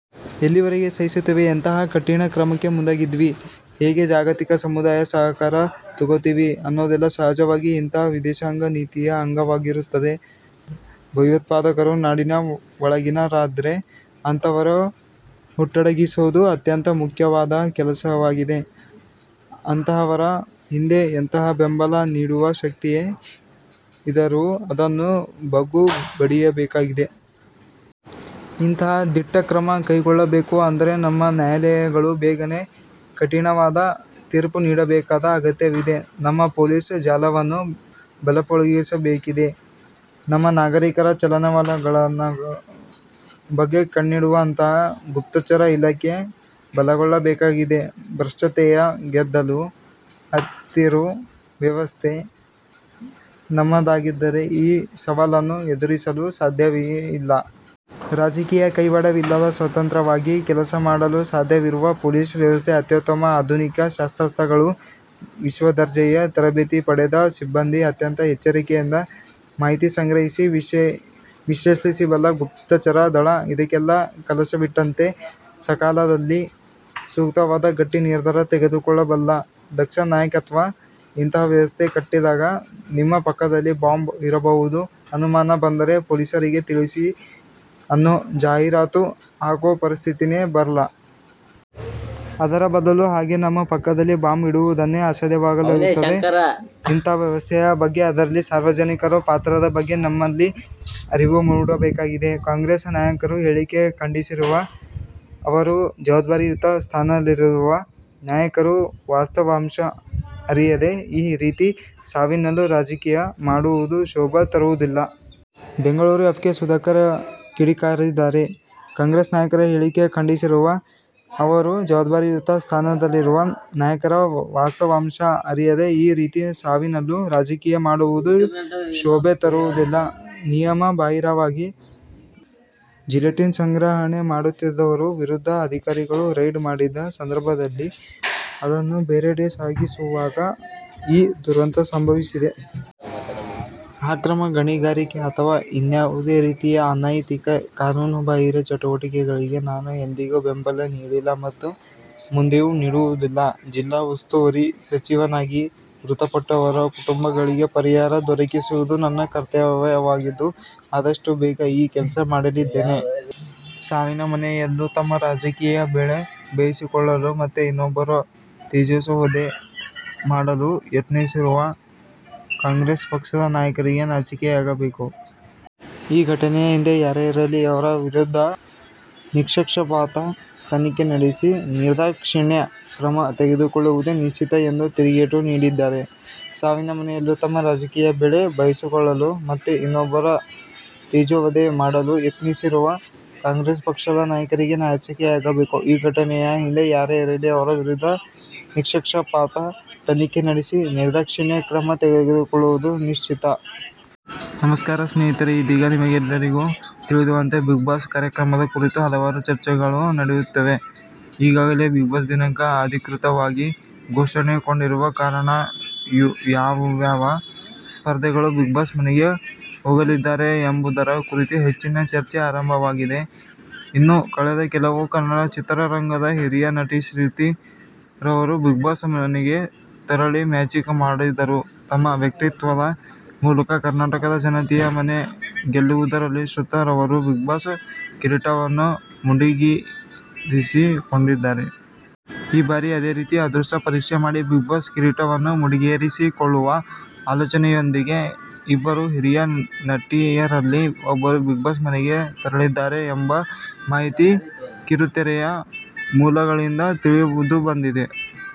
ಎಲ್ಲಿಯವರೆಗೆ ಸಹಿಸ್ತೀವಿ? ಎಂತಹ ಕಠಿಣ ಕ್ರಮಕ್ಕೆ ಮುಂದಾಗ್ತೀವಿ? ಹೇಗೆ ಜಾಗತಿಕ ಸಮುದಾಯದ ಸಹಕಾರ ತೊಗೋತೀವಿ? ಅನ್ನೋದೆಲ್ಲಾ ಸಹಜವಾಗೇ ಇಂತಹ ವಿದೇಶಾಂಗ ನೀತಿಯ ಅಂಗವಾಗಿರುತ್ತೆ. ಭಯೋತ್ಪಾದಕರು ನಾಡಿನ ಒಳಗಿನವರಾದ್ರೆ ಅಂತಹವರ ಹುಟ್ಟಡಗಿಸೋದು ಅತ್ಯಂತ ಮುಖ್ಯವಾದ ಕೆಲಸವಾಗಿದೆ. ಅಂತಹವರ ಹಿಂದೆ ಎಂತಹ ಬೆಂಬಲ ನೀಡುವ ಶಕ್ತಿಯೇ ಇದರೂ ಅದನ್ನು ಬಗ್ಗು ಬಡಿಯಬೇಕಾಗಿದೆ. ಇಂತಹ ದಿಟ್ಟಕ್ರಮ ಕೈಗೊಳ್ಳಬೇಕು ಅಂದ್ರೆ ನಮ್ಮ ನ್ಯಾಯಾಲಯಗಳು ಬೇಗನೆ ಕಠಿಣವಾದ ತೀರ್ಪು ನೀಡಬೇಕಾದ ಅಗತ್ಯವಿದೆ. ನಮ್ಮ ಪೊಲೀಸ್ ಜಾಲವನ್ನು ಬಲಗೊಳಿಸಬೇಕಿದೆ. ನಮ್ಮ ನಾಗರೀಕರ ಚಲನವಲನಗಳ ಬಗ್ಗೆ ಕಣ್ಣಿಡುವಂತಹ ಗುಪ್ತಚರ ಇಲಾಖೆ ಬಲಗೊಳ್ಳಬೇಕಾಗಿದೆ. ಭ್ರಷ್ಟತೆಯ ಗೆದ್ದಲು ಹತ್ತಿರೋ ವ್ಯವಸ್ಥೆ ನಮ್ಮದಾಗಿದ್ದರೆ ಈ ಸವಾಲನ್ನು ಎದುರಿಸಲು ಸಾಧ್ಯವೇ ಇಲ್ಲ. ರಾಜಕೀಯ ಕೈವಾಡವಿಲ್ಲದ, ಸ್ವತಂತ್ರವಾಗಿ ಕೆಲಸ ಮಾಡಲು ಸಾಧ್ಯವಿರುವ ಪೊಲೀಸ್ ವ್ಯವಸ್ಥೆ ಅತ್ಯುತ್ತಮ ಆಧುನಿಕ ಶಸ್ತ್ರಾಸ್ತ್ರಗಳು, ವಿಶ್ವದರ್ಜೆಯ ತರಬೇತಿ ಪಡೆದ ಸಿಬ್ಬಂದಿ, ಅತ್ಯಂತ ಎಚ್ಚರಿಕೆಯಿಂದ ಮಾಹಿತಿ ಸಂಗ್ರಹಿಸಿ ವಿಶ್ಲೇಷಿಸಬಲ್ಲ ಗುಪ್ತಚರ ದಳ, ಇದಕ್ಕೆಲ್ಲಾ ಕಲಶವಿಟ್ಟಂತೆ ಸಕಾಲದಲ್ಲಿ ಸೂಕ್ತವಾದ ಗಟ್ಟಿ ನಿರ್ಧಾರ ತೆಗೆದುಕೊಳ್ಳಬಲ್ಲ ದಕ್ಷ ನಾಯಕತ್ವ ಇಂತಹ ವ್ಯವಸ್ಥೆ ಕಟ್ಟಿದಾಗ "ನಿಮ್ಮ ಪಕ್ಕದಲ್ಲಿ ಬಾಂಬ್ ಇರಬಹುದು, ಅನುಮಾನ ಬಂದರೆ ಪೊಲೀಸರಿಗೆ ತಿಳಿಸಿ" ಅನ್ನೋ ಜಾಹಿರಾತು ಹಾಕೋ ಪರಿಸ್ಥಿತೀನೆ ಬರಲ್ಲ. ಅದರ ಬದಲು ಹಾಗೆ ನಮ್ಮ ಪಕ್ಕದಲ್ಲಿ ಬಾಂಬ್ ಇಡುವುದನ್ನೇ ಅಸಾಧ್ಯವಾಗಿಸಲಾಗುತ್ತದೆ. ಇಂತಹ ವ್ಯವಸ್ಥೆಯ ಬಗ್ಗೆ, ಅದರಲ್ಲಿ ಸಾರ್ವಜನಿಕರ ಪಾತ್ರದ ಬಗ್ಗೆ ನಮ್ಮಲ್ಲಿ ಅರಿವು ಮೂಡಬೇಕಾಗಿದೆ. ಕಾಂಗ್ರೆಸ್ ನಾಯಕರ ಹೇಳಿಕೆ ಖಂಡಿಸಿರುವ ಅವರು, ಜವಾಬ್ದಾರಿಯುತ ಸ್ಥಾನದಲ್ಲಿರುವ ನಾಯಕರು ವಾಸ್ತವಾಂಶ ಅರಿಯದೆ ಈ ರೀತಿ ಸಾವಿನಲ್ಲೂ ರಾಜಕೀಯ ಮಾಡುವುದು ಶೋಭೆ ತರುವುದಿಲ್ಲ. ಬೆಂಗಳೂರು, ಫೆ. ಕೆ. ಸುಧಾಕರ್ ಕಿಡಿಕಾರಿದ್ದಾರೆ. ಕಾಂಗ್ರೆಸ್ ನಾಯಕರ ಹೇಳಿಕೆ ಖಂಡಿಸಿರುವ ಅವರು, ಜವಾಬ್ದಾರಿಯುತ ಸ್ಥಾನದಲ್ಲಿರುವ ನಾಯಕರು ವಾಸ್ತವಾಂಶ ಅರಿಯದೆ ಈ ರೀತಿ ಸಾವಿನಲ್ಲೂ ರಾಜಕೀಯ ಮಾಡುವುದು ಶೋಭೆ ತರುವುದಿಲ್ಲ. ನಿಯಮ ಬಾಹಿರವಾಗಿ ಜಿಲೆಟಿನ್ ಸಂಗ್ರಹಣೆ ಮಾಡುತ್ತಿದ್ದವರ ವಿರುದ್ಧ ಅಧಿಕಾರಿಗಳು ರೈಡ್ ಮಾಡಿದ್ದ ಸಂದರ್ಭದಲ್ಲಿ ಅದನ್ನು ಬೇರೆಡೆ ಸಾಗಿಸುವಾಗ ಈ ದುರಂತ ಸಂಭವಿಸಿದೆ. ಅಕ್ರಮ ಗಣಿಗಾರಿಕೆ ಅಥವಾ ಇನ್ಯಾವುದೇ ರೀತಿಯ ಅನೈತಿಕ, ಕಾನೂನು ಬಾಹಿರ ಚಟುವಟಿಕೆಗಳಿಗೆ ನಾನು ಎಂದಿಗೂ ಬೆಂಬಲ ನೀಡಿಲ್ಲ ಮತ್ತು ಮುಂದೆಯೂ ನೀಡುವುದಿಲ್ಲ. ಜಿಲ್ಲಾ ಉಸ್ತುವಾರಿ ಸಚಿವನಾಗಿ ಮೃತಪಟ್ಟವರ ಕುಟುಂಬಗಳಿಗೆ ಪರಿಹಾರ ದೊರಕಿಸುವುದು ನನ್ನ ಕರ್ತವ್ಯವಾಗಿದ್ದು ಆದಷ್ಟು ಬೇಗ ಈ ಕೆಲಸ ಮಾಡಲಿದ್ದೇನೆ. ಸಾವಿನ ಮನೆಯಲ್ಲೂ ತಮ್ಮ ರಾಜಕೀಯ ಬೇಳೆ ಬೇಯಿಸಿಕೊಳ್ಳಲು ಮತ್ತು ಇನ್ನೊಬ್ಬರ ತೇಜೋವಧೆ ಮಾಡಲು ಯತ್ನಿಸುತ್ತಿರುವ ಕಾಂಗ್ರೆಸ್ ಪಕ್ಷದ ನಾಯಕರಿಗೆ ನಾಚಿಕೆಯಾಗಬೇಕು. ಈ ಘಟನೆಯ ಹಿಂದೆ ಯಾರೇ ಇರಲಿ ಅವರ ವಿರುದ್ಧ ನಿಷ್ಪಕ್ಷಪಾತ ತನಿಖೆ ನಡೆಸಿ ನಿರ್ದಾಕ್ಷಿಣ್ಯ ಕ್ರಮ ತೆಗೆದುಕೊಳ್ಳುವುದು ನಿಶ್ಚಿತ ಎಂದು ತಿರುಗೇಟು ನೀಡಿದ್ದಾರೆ. ಸಾವಿನ ಮನೆಯಲ್ಲೂ ತಮ್ಮ ರಾಜಕೀಯ ಬೇಳೆ ಬೇಯಿಸಿಕೊಳ್ಳಲು ಮತ್ತು ಇನ್ನೊಬ್ಬರ ತೇಜೋವಧೆ ಮಾಡಲು ಯತ್ನಿಸುತ್ತಿರುವ ಕಾಂಗ್ರೆಸ್ ಪಕ್ಷದ ನಾಯಕರಿಗೆ ನಾಚಿಕೆಯಾಗಬೇಕು. ಈ ಘಟನೆಯ ಹಿಂದೆ ಯಾರೇ ಇರಲಿ ಅವರ ವಿರುದ್ಧ ನಿಷ್ಪಕ್ಷಪಾತ ತನಿಖೆ ನಡೆಸಿ ನಿರ್ದಾಕ್ಷಿಣ್ಯ ಕ್ರಮ ತೆಗೆದುಕೊಳ್ಳುವುದು ನಿಶ್ಚಿತ. ನಮಸ್ಕಾರ ಸ್ನೇಹಿತರೇ ಇದೀಗ ನಿಮಗೆಲ್ಲರಿಗೂ ತಿಳಿದಿರುವಂತೆ ಬಿಗ್ ಬಾಸ್ ಕಾರ್ಯಕ್ರಮದ ಕುರಿತು ಹಲವಾರು ಚರ್ಚೆಗಳು ನಡೆಯುತ್ತಿವೆ. ಈಗಾಗಲೇ ಬಿಗ್ ಬಾಸ್ ದಿನಾಂಕ ಅಧಿಕೃತವಾಗಿ ಘೋಷಣೆ ಕೊಂಡಿರುವ ಕಾರಣ ಯಾವ್ಯಾವ ಸ್ಪರ್ಧಿಗಳು ಬಿಗ್ ಬಾಸ್ ಮನೆಗೆ ಹೋಗಲಿದ್ದಾರೆ ಎಂಬುದರ ಕುರಿತು ಹೆಚ್ಚಿನ ಚರ್ಚೆ ಆರಂಭವಾಗಿದೆ. ಇನ್ನು ಕಳೆದ ಕೆಲವು ಕನ್ನಡ ಚಿತ್ರರಂಗದ ಹಿರಿಯ ನಟಿ ಶ್ರುತಿ ರವರು ಬಿಗ್ ಬಾಸ್ ಮನೆಗೆ ತೆರಳಿ ಮ್ಯಾಜಿಕ್ ಮಾಡಿದರು ತಮ್ಮ ವ್ಯಕ್ತಿತ್ವದ ಮೂಲಕ ಕರ್ನಾಟಕದ ಜನತೆಯ ಮನೆ ಗೆಲ್ಲುವುದರಲ್ಲಿ ಶೃತಿ ರವರು ಬಿಗ್ ಬಾಸ್ ಕಿರೀಟವನ್ನು ಮುಡಿಗೇರಿಸಿ ಕೊಂಡಿದ್ದರು. ಈ ಬಾರಿ ಅದೇ ರೀತಿಯ ಅದೃಷ್ಟ ಪರೀಕ್ಷೆ ಮಾಡಿ ಬಿಗ್ ಬಾಸ್ ಕಿರೀಟವನ್ನು ಮುಡಿಗೇರಿಸಿಕೊಳ್ಳುವ ಆಲೋಚನೆಯೊಂದಿಗೆ ಇಬ್ಬರು ಹಿರಿಯ ನಟಿಯರಲ್ಲಿ ಒಬ್ಬರು ಬಿಗ್ ಬಾಸ್ ಮನೆಗೆ ತೆರಳಿದ್ದಾರೆ ಎಂಬ ಮಾಹಿತಿ ಕಿರುತೆರೆಯ ಮೂಲಗಳಿಂದ ತಿಳಿದುಬಂದಿದೆ.